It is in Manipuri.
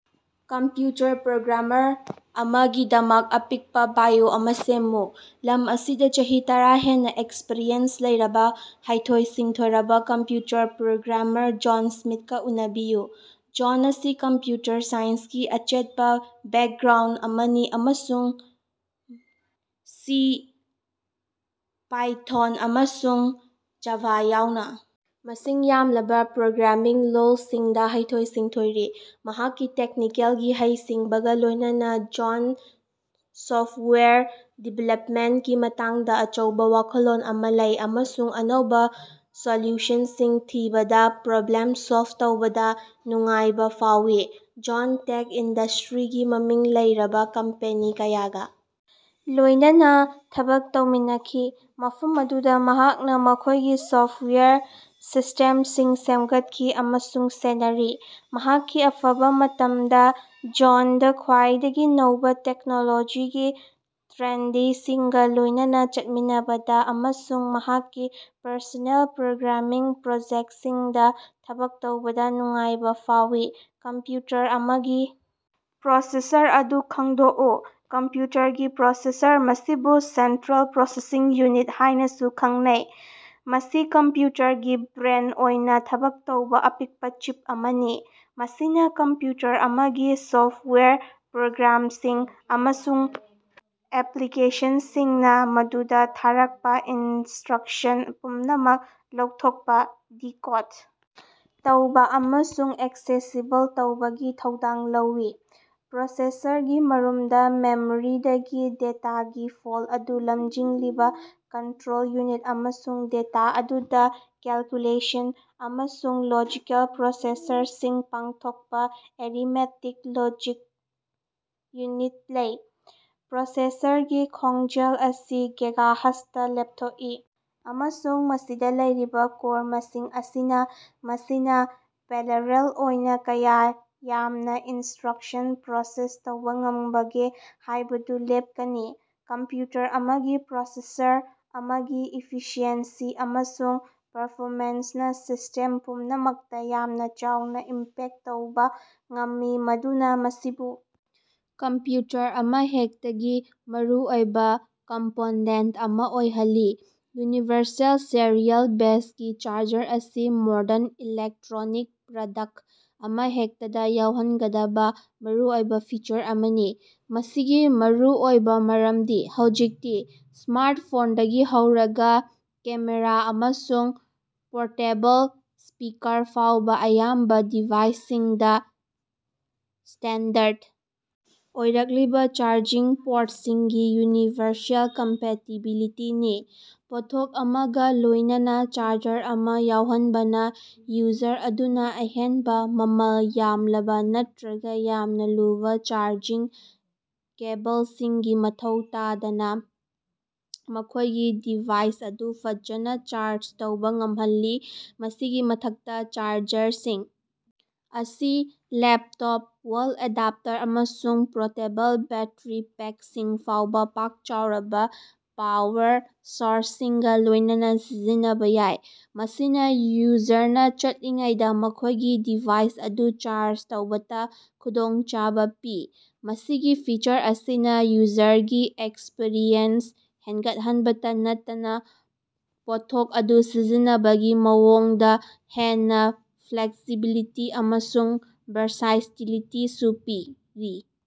ꯀꯝꯄ꯭ꯌꯨꯇꯔ ꯄ꯭ꯔꯣꯒ꯭ꯔꯥꯃꯔ ꯑꯃꯒꯤꯗꯃꯛ ꯑꯄꯤꯛꯄꯥ ꯕꯥꯏꯑꯣ ꯑꯃꯥ ꯁꯦꯝꯃꯨ꯫ ꯂꯝ ꯑꯁꯤꯗꯥ ꯆꯍꯤ ꯇꯔꯥ ꯍꯦꯟꯅꯥ ꯑꯦꯛꯁꯄ꯭ꯔꯤꯌꯦꯟꯁ ꯂꯩꯔꯕꯥ ꯍꯩꯊꯣꯏ-ꯁꯤꯡꯊꯣꯏꯔꯕꯥ ꯀꯝꯄ꯭ꯌꯨꯇꯔ ꯄ꯭ꯔꯣꯒ꯭ꯔꯥꯃꯔ ꯖꯣꯟ ꯁ꯭ꯃꯤꯠꯀꯥ ꯎꯅꯕꯤꯌꯨ꯫ ꯖꯣꯟ ꯑꯁꯤ ꯀꯝꯄ꯭ꯌꯨꯇꯔ ꯁꯥꯏꯟꯁꯀꯤ ꯑꯆꯦꯠꯄꯥ ꯕꯦꯛꯒ꯭ꯔꯥꯎꯟꯗ ꯑꯃꯅꯤ ꯑꯃꯁꯨꯡ ꯁꯤ, ꯄꯥꯏꯊꯣꯟ, ꯑꯃꯁꯨꯡ ꯖꯥꯚꯥ ꯌꯥꯎꯅꯥ ꯃꯁꯤꯡ ꯌꯥꯝꯂꯕꯥ ꯄ꯭ꯔꯣꯒ꯭ꯔꯥꯃꯤꯡ ꯂꯣꯜꯁꯤꯡꯗꯥ ꯍꯩꯊꯣꯏ-ꯁꯤꯡꯊꯣꯏꯔꯤ꯫ ꯃꯍꯥꯛꯀꯤ ꯇꯦꯛꯅꯤꯀꯦꯜꯒꯤ ꯍꯩꯁꯤꯡꯕꯒꯥ ꯂꯣꯏꯅꯅꯥ ꯖꯣꯟꯗꯥ ꯁꯣꯐꯋꯦꯌꯔ ꯗꯤꯕꯦꯂꯞꯃꯦꯟꯇꯀꯤ ꯃꯇꯥꯡꯗꯥ ꯑꯆꯧꯕꯥ ꯋꯥꯈꯜꯂꯣꯟ ꯑꯃꯥ ꯂꯩ ꯑꯃꯁꯨꯡ ꯑꯅꯧꯕꯥ ꯁꯣꯂꯨꯁꯟꯁꯤꯡ ꯊꯤꯅꯕꯥ ꯄ꯭ꯔꯣꯕ꯭ꯂꯦꯝ ꯁꯣꯜꯕ ꯇꯧꯕꯗꯥ ꯅꯨꯡꯉꯥꯏꯕꯥ ꯐꯥꯎꯏ꯫ ꯖꯣꯟꯗꯥ ꯇꯦꯛ ꯏꯟꯗꯁꯇ꯭ꯔꯤꯒꯤ ꯃꯃꯤꯡ ꯂꯩꯔꯕꯥ ꯀꯝꯄꯦꯅꯤ ꯀꯌꯥꯒꯥ ꯂꯣꯏꯅꯅꯥ ꯊꯕꯛ ꯇꯧꯃꯤꯟꯅꯈꯤ ꯃꯐꯝ ꯑꯗꯨꯗꯥ ꯃꯍꯥꯛꯅꯥ ꯃꯈꯣꯏꯒꯤ ꯁꯣꯐꯋꯦꯌꯔ ꯁꯤꯁꯇꯦꯝꯁꯤꯡ ꯁꯦꯝꯒꯠꯈꯤ ꯑꯃꯁꯨꯡ ꯁꯦꯟꯅꯔꯤ꯫ ꯃꯍꯥꯛꯀꯤ ꯑꯐꯕꯥ ꯃꯇꯝꯗꯥ, ꯖꯣꯟꯗꯥ ꯈ꯭ꯋꯥꯏꯗꯒꯤ ꯅꯧꯕꯥ ꯇꯦꯛꯅꯣꯂꯣꯖꯤꯒꯤ ꯇ꯭ꯔꯦꯟꯗꯁꯤꯡꯒꯥ ꯂꯣꯏꯅꯅꯥ ꯆꯠꯃꯤꯟꯅꯕꯗꯥ ꯑꯃꯁꯨꯡ ꯃꯍꯥꯛꯀꯤ ꯄꯔꯁꯣꯅꯦꯜ ꯄ꯭ꯔꯣꯒ꯭ꯔꯥꯃꯤꯡ ꯄ꯭ꯔꯣꯖꯦꯛꯇꯁꯤꯡꯗꯥ ꯊꯕꯛ ꯇꯧꯕꯗꯥ ꯅꯨꯡꯉꯥꯏꯕꯥ ꯐꯥꯎꯏ꯫ ꯀꯝꯄ꯭ꯌꯨꯇꯔ ꯑꯃꯒꯤ ꯄ꯭ꯔꯣꯁꯦꯁꯔ ꯑꯗꯨ ꯈꯪꯗꯣꯛꯎ꯫ ꯀꯝꯄ꯭ꯌꯨꯇꯔꯒꯤ ꯄ꯭ꯔꯣꯁꯦꯁꯔ, ꯃꯁꯤꯕꯨ ꯁꯦꯟꯇ꯭ꯔꯦꯜ ꯄ꯭ꯔꯣꯁꯦꯁꯤꯡ ꯌꯨꯅꯤꯠ ꯍꯥꯏꯅꯥꯁꯨ ꯈꯪꯅꯩ, ꯃꯁꯤ ꯀꯝꯄ꯭ꯌꯨꯇꯔꯒꯤ ꯕ꯭ꯔꯦꯟ ꯑꯣꯏꯅꯥ ꯊꯕꯛ ꯇꯧꯕꯥ ꯑꯄꯤꯛꯄꯥ ꯆꯤꯞ ꯑꯃꯅꯤ꯫ ꯃꯁꯤꯅꯥ ꯀꯝꯄ꯭ꯌꯨꯇꯔ ꯑꯃꯒꯤ ꯁꯣꯐꯇꯋꯥꯌꯔ ꯄ꯭ꯔꯣꯒ꯭ꯔꯥꯃꯁꯤꯡ ꯑꯃꯁꯨꯡ ꯑꯦꯄ꯭ꯂꯤꯀꯦꯁꯟꯁꯤꯡꯅꯥ ꯃꯗꯨꯗꯥ ꯊꯥꯔꯛꯄꯥ ꯏꯟꯁꯇ꯭ꯔꯛꯁꯟ ꯄꯨꯝꯅꯃꯛ ꯂꯧꯊꯣꯛꯄꯥ, ꯗꯤꯀꯣꯗ ꯇꯧꯕꯥ ꯑꯃꯁꯨꯡ ꯑꯦꯛꯁꯦꯁꯤꯕꯜ ꯇꯧꯕꯒꯤ ꯊꯧꯗꯥꯡ ꯂꯧꯏ꯫ ꯄ꯭ꯔꯣꯁꯦꯁꯔꯒꯤ ꯃꯔꯨꯝꯗꯥ ꯃꯦꯃꯣꯔꯤꯗꯒꯤ ꯗꯦꯇꯥꯒꯤ ꯐ꯭ꯂꯣ ꯑꯗꯨ ꯂꯃꯖꯤꯡꯂꯤꯕꯥ ꯀꯟꯇ꯭ꯔꯣꯜ ꯌꯨꯅꯤꯠ ꯑꯃꯁꯨꯡ ꯗꯦꯇꯥ ꯑꯗꯨꯗꯥ ꯀꯦꯜꯀꯨꯂꯦꯁꯟ ꯑꯃꯁꯨꯡ ꯂꯣꯖꯤꯀꯦꯜ ꯑꯣꯄꯔꯦꯁꯟꯁꯤꯡ ꯄꯥꯡꯊꯣꯛꯄꯥ ꯑꯦꯔꯤꯠꯃꯦꯇꯤꯛ ꯂꯣꯖꯤꯛ ꯌꯨꯅꯤꯠ ꯂꯩ꯫ ꯄ꯭ꯔꯣꯁꯦꯁꯔꯒꯤ ꯈꯣꯡꯖꯦꯜ ꯑꯁꯤ ꯒꯤꯒꯥꯍꯔꯖ ꯗꯥ ꯂꯦꯞꯊꯣꯛꯏ ꯑꯃꯁꯨꯡ ꯃꯁꯤꯗꯥ ꯂꯩꯔꯤꯕꯥ ꯀꯣꯔ ꯃꯁꯤꯡ ꯑꯁꯤꯅꯥ ꯃꯁꯤꯅꯥ ꯄꯦꯔꯥꯂꯦꯜ ꯑꯣꯏꯅꯥ ꯀꯌꯥ ꯌꯥꯝꯅꯥ ꯏꯟꯁꯇ꯭ꯔꯛꯁꯟ ꯄ꯭ꯔꯣꯁꯦꯁ ꯇꯧꯕꯥ ꯉꯝꯕꯒꯦ ꯍꯥꯏꯕꯗꯨ ꯂꯦꯞꯀꯅꯤ꯫ ꯀꯝꯄ꯭ꯌꯨꯇꯔ ꯑꯃꯒꯤ ꯄ꯭ꯔꯣꯁꯦꯁꯔ ꯑꯃꯒꯤ ꯏꯐꯤꯁꯤꯑꯦꯟꯁꯤ ꯑꯃꯁꯨꯡ ꯄꯔꯐꯣꯃꯦꯟꯁꯅꯥ ꯁꯤꯁꯇꯦꯝ ꯄꯨꯝꯅꯃꯛꯇꯥ ꯌꯥꯝꯅꯥ ꯆꯥꯎꯅꯥ ꯏꯝꯄꯦꯛ ꯇꯧꯕꯥ ꯉꯝꯃꯤ, ꯃꯗꯨꯅꯥ ꯃꯁꯤꯕꯨ ꯀꯝꯄ꯭ꯌꯨꯇꯔ ꯑꯃꯍꯦꯛꯇꯒꯤ ꯃꯔꯨꯑꯣꯏꯕꯥ ꯀꯝꯄꯣꯅꯦꯟꯇ ꯑꯃꯥ ꯑꯣꯏꯍꯜꯂꯤ꯫ ꯌꯨꯅꯤꯕꯔꯁꯦꯜ ꯁꯦꯔꯤꯑꯦꯜ ꯕꯁꯒꯤ ꯆꯥꯔꯖꯔ ꯑꯁꯤ ꯃꯣꯔꯗꯟ ꯏꯂꯦꯛꯇ꯭ꯔꯣꯅꯤꯛ ꯄ꯭ꯔꯗꯛꯇ ꯑꯃꯍꯦꯛꯇꯗꯥ ꯌꯥꯎꯍꯟꯒꯗꯕꯥ ꯃꯔꯨꯑꯣꯏꯕꯥ ꯐꯤꯆꯔ ꯑꯃꯅꯤ꯫ ꯃꯁꯤꯒꯤ ꯃꯔꯨꯑꯣꯏꯕꯥ ꯃꯔꯝꯗꯤ ꯍꯧꯖꯤꯛꯇꯤ ꯁ꯭ꯃꯥꯔꯠꯐꯣꯟꯗꯒꯤ ꯍꯧꯔꯒꯥ ꯀꯦꯃꯦꯔꯥ ꯑꯃꯁꯨꯡ ꯄꯣꯔꯇꯦꯕꯜ ꯁ꯭ꯄꯤꯀꯥꯔ ꯐꯥꯎꯕꯥ ꯑꯌꯥꯝꯕꯥ ꯗꯤꯚꯥꯏꯁꯁꯤꯡꯗꯥ ꯁ꯭ꯇꯦꯟꯗꯔꯠ ꯑꯣꯏꯔꯛꯂꯤꯕꯥ ꯆꯥꯔꯖꯤꯡ ꯄꯣꯔꯠꯁꯤꯡꯒꯤ ꯌꯨꯅꯤꯚꯔꯁꯦꯜ ꯀꯝꯄꯦꯇꯤꯕꯤꯂꯤꯇꯤꯅꯤ꯫ ꯄꯣꯠꯊꯣꯛ ꯑꯃꯒꯥ ꯂꯣꯏꯅꯅꯥ ꯆꯥꯔꯖꯔ ꯑꯃꯥ ꯌꯥꯎꯍꯟꯕꯅꯥ ꯌꯨꯖꯔ ꯑꯗꯨꯅꯥ ꯑꯍꯦꯟꯕꯥ, ꯃꯃꯜ ꯌꯥꯝꯂꯕꯥ ꯅꯠꯇ꯭ꯔꯒꯥ ꯌꯥꯝꯅꯥ ꯂꯨꯕꯥ ꯆꯥꯔꯖꯤꯡ ꯀꯦꯕꯜꯁꯤꯡꯒꯤ ꯃꯊꯧ ꯇꯥꯗꯅꯥ ꯃꯈꯣꯏꯒꯤ ꯗꯤꯚꯥꯏꯁ ꯑꯗꯨ ꯐꯖꯅꯥ ꯆꯥꯔꯖ ꯇꯧꯕꯥ ꯉꯝꯍꯜꯂꯤ꯫ ꯃꯁꯤꯒꯤ ꯃꯊꯛꯇꯥ, ꯆꯥꯔꯖꯔꯁꯤꯡ ꯑꯁꯤ ꯂꯦꯞꯇꯣꯞ, ꯋꯥꯜ ꯑꯦꯗꯥꯞꯇꯔ, ꯑꯃꯁꯨꯡ ꯄꯣꯔꯇꯦꯕꯜ ꯕꯦꯠꯇꯔꯤ ꯄꯦꯛꯁꯤꯡ ꯐꯥꯎꯕꯥ ꯄꯥꯛ-ꯆꯥꯎꯔꯕꯥ ꯄꯥꯋꯔ ꯁꯣꯔꯁꯁꯤꯡꯒꯥ ꯂꯣꯏꯅꯅꯥ ꯁꯤꯖꯤꯟꯅꯕꯥ ꯌꯥꯏ, ꯃꯁꯤꯅꯥ ꯌꯨꯖꯔꯅꯥ ꯆꯠꯂꯤꯉꯩꯗꯥ ꯃꯈꯣꯏꯒꯤ ꯗꯤꯚꯥꯏꯁ ꯑꯗꯨ ꯆꯥꯔꯖ ꯇꯧꯕꯗꯥ ꯈꯨꯗꯣꯡꯆꯥꯕ ꯄꯤ꯫ ꯃꯁꯤꯒꯤ ꯐꯤꯆꯔ ꯑꯁꯤꯅꯥ ꯌꯨꯖꯔꯒꯤ ꯑꯦꯛꯁꯄꯤꯔꯤꯑꯦꯟꯁ ꯍꯦꯟꯒꯠꯍꯟꯕꯇꯥ ꯅꯠꯇꯅꯥ ꯄꯣꯠꯊꯣꯛ ꯑꯗꯨ ꯁꯤꯖꯤꯟꯅꯕꯒꯤ ꯃꯑꯣꯡꯗꯥ ꯍꯦꯟꯅꯥ ꯐ꯭ꯂꯦꯛꯁꯤꯕꯤꯂꯤꯇꯤ ꯑꯃꯁꯨꯡ ꯕꯥꯔꯁꯥꯏꯇꯤꯂꯤꯇꯤꯁꯨ ꯄꯤꯔꯤ꯫